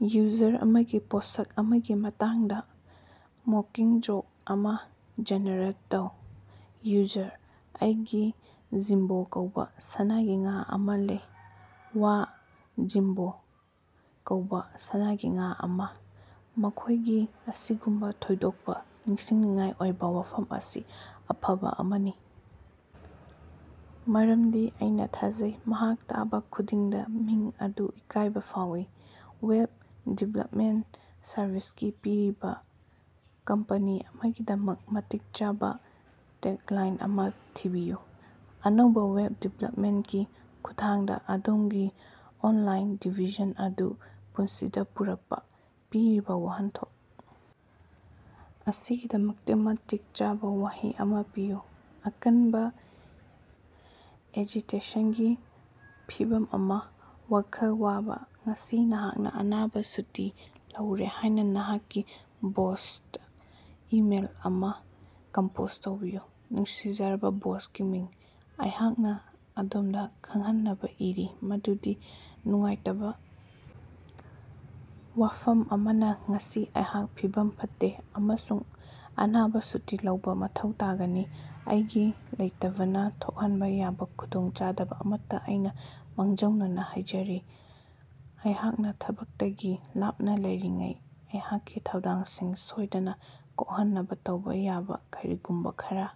User ꯑꯃꯒꯤ ꯄꯣꯠꯁꯛ ꯑꯃꯒꯤ ꯃꯇꯥꯡꯗꯥ ꯃꯣꯀꯤꯡ ꯖꯣꯛ ꯑꯃꯥ ꯖꯦꯅꯦꯔꯦꯠ ꯇꯧ꯫ ꯌꯨꯖꯔ: ꯑꯩꯒꯤ ꯖꯤꯝꯕꯣ ꯀꯧꯕ ꯁꯅꯥꯒꯤ ꯉꯥ ꯑꯃꯥ ꯂꯩ꯫ ꯋꯥ, ꯖꯤꯝꯕꯣ ꯀꯧꯕꯥ ꯁꯅꯥꯒꯤ ꯉꯥ ꯑꯃꯥ? ꯃꯈꯣꯏꯒꯤ ꯑꯁꯤꯒꯨꯝꯕꯥ ꯊꯣꯏꯗꯣꯛꯄ ꯅꯤꯡꯁꯤꯡꯅꯤꯡꯉꯥꯏ ꯑꯣꯏꯕ ꯋꯥꯐꯝ ꯑꯁꯤ ꯑꯐꯕ ꯑꯃꯅꯤ ꯃꯔꯝꯗꯤ ꯑꯩꯅ ꯊꯥꯖꯩ ꯃꯍꯥꯛ ꯇꯥꯕ ꯈꯨꯗꯤꯡꯗꯥ ꯃꯤꯡ ꯑꯗꯨ ꯏꯀꯥꯏꯕꯥ ꯐꯥꯎꯏ꯫ ꯋꯦꯕ ꯗꯤꯚꯦꯂꯞꯃꯦꯟꯇ ꯁꯔꯚꯤꯁꯀꯤ ꯄꯤꯔꯤꯕ ꯀꯝꯄꯅꯤ ꯑꯃꯒꯤꯗꯃꯛ ꯃꯇꯤꯛ ꯆꯥꯕ ꯇꯦꯒꯂꯥꯏꯟ ꯑꯃ ꯊꯤꯕꯤꯌꯨ꯫ ꯑꯅꯧꯕꯥ ꯋꯦꯕ ꯗꯤꯕꯦꯂꯞꯃꯦꯟꯠꯀꯤ ꯈꯨꯠꯊꯥꯡꯗ ꯑꯗꯣꯝꯒꯤ ꯑꯣꯟꯂꯥꯏꯟ ꯗꯤꯚꯤꯖꯟ ꯑꯗꯨ ꯄꯨꯟꯁꯤꯗ ꯄꯨꯔꯛꯄ꯫ ꯄꯤꯔꯤꯕ ꯋꯥꯍꯟꯊꯣꯛ ꯑꯁꯤꯒꯤꯗꯃꯛꯇ ꯃꯇꯤꯛ ꯆꯥꯕ ꯋꯥꯍꯩ ꯑꯃ ꯄꯤꯌꯨ꯫ ꯑꯀꯟꯕ ꯑꯦꯖꯤꯇꯦꯁꯟꯒꯤ ꯐꯤꯚꯝ ꯑꯃ꯫ ꯋꯥꯈꯜ ꯋꯥꯕ꯫ ꯉꯁꯤ ꯅꯍꯥꯛꯅ ꯑꯅꯥꯕ ꯁꯨꯇꯤ ꯂꯧꯔꯦ ꯍꯥꯏꯅ ꯅꯍꯥꯛꯀꯤ ꯕꯣꯁꯇ ꯏꯃꯦꯜ ꯑꯃꯥ ꯀꯝꯄꯣꯖ ꯇꯧꯕꯤꯌꯨ꯫ ꯅꯨꯡꯁꯤꯖꯔꯕ ꯕꯣꯁꯀꯤ ꯃꯃꯤꯡ, ꯑꯩꯍꯥꯛꯅ ꯑꯗꯣꯝꯗ ꯈꯪꯍꯟꯅꯕ ꯏꯔꯤ ꯃꯗꯨꯗꯤ ꯅꯨꯡꯉꯥꯏꯇꯕ ꯋꯥꯐꯝ ꯑꯃꯅ ꯉꯁꯤ ꯑꯩꯍꯥꯛ ꯐꯤꯚꯝ ꯐꯠꯇꯦ ꯑꯃꯁꯨꯡ ꯑꯅꯥꯕ ꯁꯨꯇꯤ ꯂꯧꯕ ꯃꯊꯧ ꯇꯥꯒꯅꯤ꯫ ꯑꯩꯒꯤ ꯂꯩꯇꯕꯅ ꯊꯣꯛꯍꯟꯕ ꯌꯥꯕ ꯈꯨꯗꯣꯡꯆꯥꯗꯕ ꯑꯃꯠꯇ ꯑꯩꯅ ꯃꯥꯡꯖꯧꯅꯅ ꯍꯥꯏꯖꯔꯤ꯫ ꯑꯩꯍꯥꯛꯅ ꯊꯕꯛꯇꯒꯤ ꯂꯥꯞꯅ ꯂꯩꯔꯤꯉꯩꯗ ꯑꯩꯍꯥꯛꯀꯤ ꯊꯧꯗꯥꯡꯁꯤꯡ ꯁꯣꯏꯗꯅ ꯀꯣꯛꯍꯟꯅꯕ ꯇꯧꯕ ꯌꯥꯕ ꯀꯔꯤꯒꯨꯝꯕ ꯈꯔꯥ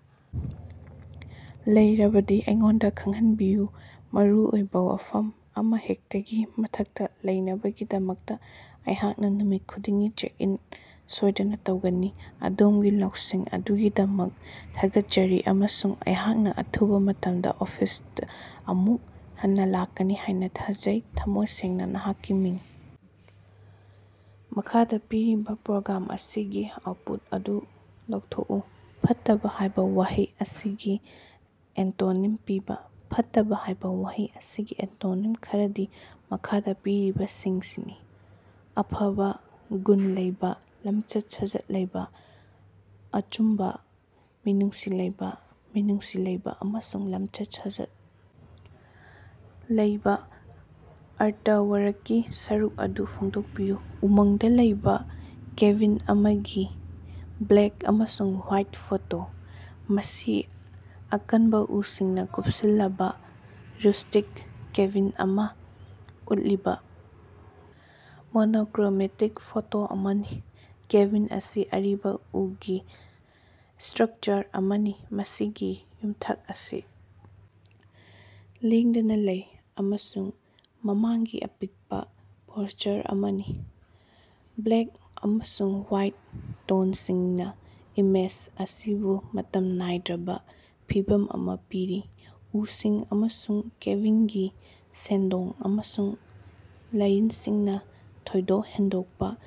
ꯂꯩꯔꯕꯗꯤ ꯑꯩꯉꯣꯟꯗꯥ ꯈꯪꯍꯟꯕꯤꯌꯨ꯫ ꯃꯔꯨꯑꯣꯏꯕ ꯋꯥꯐꯝ ꯑꯃꯍꯦꯛꯇꯒꯤ ꯃꯊꯛꯇ ꯂꯩꯅꯕꯒꯤꯗꯃꯛ ꯑꯩꯍꯥꯛꯅ ꯅꯨꯃꯤꯠ ꯈꯨꯗꯤꯡꯒꯤ ꯆꯦꯛ ꯏꯟ ꯁꯣꯏꯗꯅ ꯇꯧꯒꯅꯤ꯫ ꯑꯗꯣꯝꯒꯤ ꯂꯧꯁꯤꯡ ꯑꯗꯨꯒꯤꯗꯃꯛ ꯊꯥꯒꯠꯆꯔꯤ, ꯑꯃꯁꯨꯡ ꯑꯩꯍꯥꯛꯅ ꯑꯊꯨꯕ ꯃꯇꯝꯗ ꯑꯣꯐꯤꯁꯇ ꯑꯃꯨꯛ ꯍꯟꯅ ꯂꯥꯛꯀꯅꯤ ꯍꯥꯏꯅ ꯊꯥꯖꯩ꯫ ꯊꯃꯣꯏ ꯁꯦꯡꯅꯥ, ꯅꯍꯥꯛꯀꯤ ꯃꯤꯡ꯫ ꯃꯈꯥꯗ ꯄꯤꯔꯤꯕ ꯄ꯭ꯔꯣꯒ꯭ꯔꯥꯝ ꯑꯁꯤꯒꯤ ꯑꯥꯎꯠꯄꯨꯠ ꯑꯗꯨ ꯂꯧꯊꯣꯛꯎ꯫ ꯐꯠꯇꯕꯥ ꯍꯥꯏꯕ ꯋꯥꯍꯩ ꯑꯁꯤꯒꯤ ꯑꯦꯟꯇꯣꯅꯤꯝ ꯄꯤꯕ꯫ ꯐꯠꯇꯕꯥ ꯍꯥꯏꯕ ꯋꯥꯍꯩ ꯑꯁꯤꯒꯤ ꯑꯦꯟꯇꯣꯅꯤꯝ ꯈꯔꯗꯤ ꯃꯈꯥꯗ ꯄꯤꯔꯤꯕꯁꯤꯡꯁꯤꯅꯤ: ꯑꯐꯕ, ꯒꯨꯟ ꯂꯩꯕ, ꯂꯝꯆꯠ-ꯁꯥꯖꯠ ꯂꯩꯕ, ꯑꯆꯨꯝꯕ, ꯃꯤꯅꯨꯡꯁꯤ ꯂꯩꯕ, ꯃꯤꯅꯨꯡꯁꯤ ꯂꯩꯕ ꯑꯃꯁꯨꯡ ꯂꯝꯆꯠ-ꯁꯥꯖꯠ ꯂꯩꯕ꯫ ꯑꯥꯔꯇꯋꯥꯔꯛꯀꯤ ꯁꯔꯨꯛ ꯑꯗꯨ ꯐꯣꯡꯗꯣꯛꯄꯤꯌꯨ꯫ ꯎꯃꯪꯗ ꯂꯩꯕ ꯀꯦꯕꯤꯟ ꯑꯃꯒꯤ ꯕ꯭ꯂꯦꯛ ꯑꯃꯁꯨꯡ ꯋ‌ꯥꯏꯠ ꯐꯣꯇꯣ꯫ ꯃꯁꯤ ꯑꯀꯟꯕ ꯎꯁꯤꯡꯅ ꯀꯨꯞꯁꯤꯜꯂꯕ ꯔꯨꯁ꯭ꯇꯤꯛ ꯀꯦꯕꯤꯟ ꯑꯃ ꯎꯠꯂꯤꯕ ꯃꯣꯅꯣꯀꯔꯣꯃꯦꯇꯤꯛ ꯐꯣꯇꯣ ꯑꯃꯅꯤ꯫ ꯀꯦꯕꯤꯟ ꯑꯁꯤ ꯑꯔꯤꯕ ꯎꯒꯤ ꯁ꯭ꯇꯔꯛꯆꯔ ꯑꯃꯅꯤ, ꯃꯁꯤꯒꯤ ꯌꯨꯝꯊꯛ ꯑꯁꯤ ꯂꯦꯡꯗꯅ ꯂꯩ ꯑꯃꯁꯨꯡ ꯃꯃꯥꯡꯒꯤ ꯑꯄꯤꯛꯄ ꯄꯣꯔꯆꯔ ꯑꯃꯅꯤ꯫ ꯕ꯭ꯂꯦꯛ ꯑꯃꯁꯨꯡ ꯋꯥꯏꯠ ꯇꯣꯟꯁꯤꯡꯅ ꯏꯃꯦꯖ ꯑꯁꯤꯕꯨ ꯃꯇꯝ ꯅꯥꯏꯗ꯭ꯔꯕ ꯐꯤꯚꯝ ꯑꯃꯥ ꯄꯤꯔꯤ, ꯎꯁꯤꯡ ꯑꯃꯁꯨꯡ ꯀꯦꯕꯤꯟꯒꯤ ꯁꯦꯟꯗꯣꯡ ꯑꯃꯁꯨꯡ ꯂꯥꯏꯟꯁꯤꯡꯅ ꯊꯣꯏꯗꯣꯛ ꯍꯦꯟꯗꯣꯛꯄ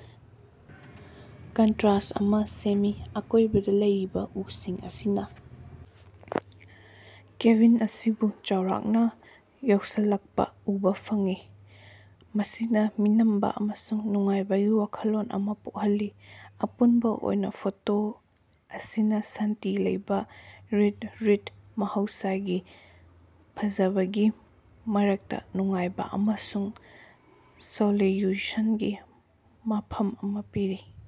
ꯀꯟꯇꯔꯁ꯭ꯠ ꯑꯃꯥ ꯁꯦꯝꯃꯤ꯫ ꯑꯀꯣꯏꯕꯗ ꯂꯩꯔꯤꯕ ꯎꯁꯤꯡ ꯑꯁꯤꯅ ꯀꯦꯕꯤꯟ ꯑꯁꯤꯕꯨ ꯆꯥꯎꯔꯥꯛꯅ ꯌꯥꯎꯁꯤꯜꯂꯛꯄ ꯎꯕ ꯐꯪꯏ, ꯃꯁꯤꯅ ꯃꯤꯅꯝꯕ ꯑꯃꯁꯨꯡ ꯅꯨꯡꯉꯥꯏꯕꯩ ꯋꯥꯈꯜꯂꯣꯟ ꯑꯃꯥ ꯄꯣꯛꯍꯜꯂꯤ꯫ ꯑꯄꯨꯟꯕ ꯑꯣꯏꯅ ꯐꯣꯇꯣ ꯑꯁꯤꯅ ꯁꯥꯟꯇꯤ ꯂꯩꯕ ꯔꯤꯠꯔꯤꯠ, ꯃꯍꯧꯁꯥꯒꯤ ꯐꯖꯕꯒꯤ ꯃꯔꯛꯇ ꯅꯨꯡꯉꯥꯏꯕ ꯑꯃꯁꯨꯡ ꯁꯣꯂꯤꯠꯌꯨꯁꯟꯒꯤ ꯃꯐꯝ ꯑꯃꯥ ꯄꯤꯔꯤ꯫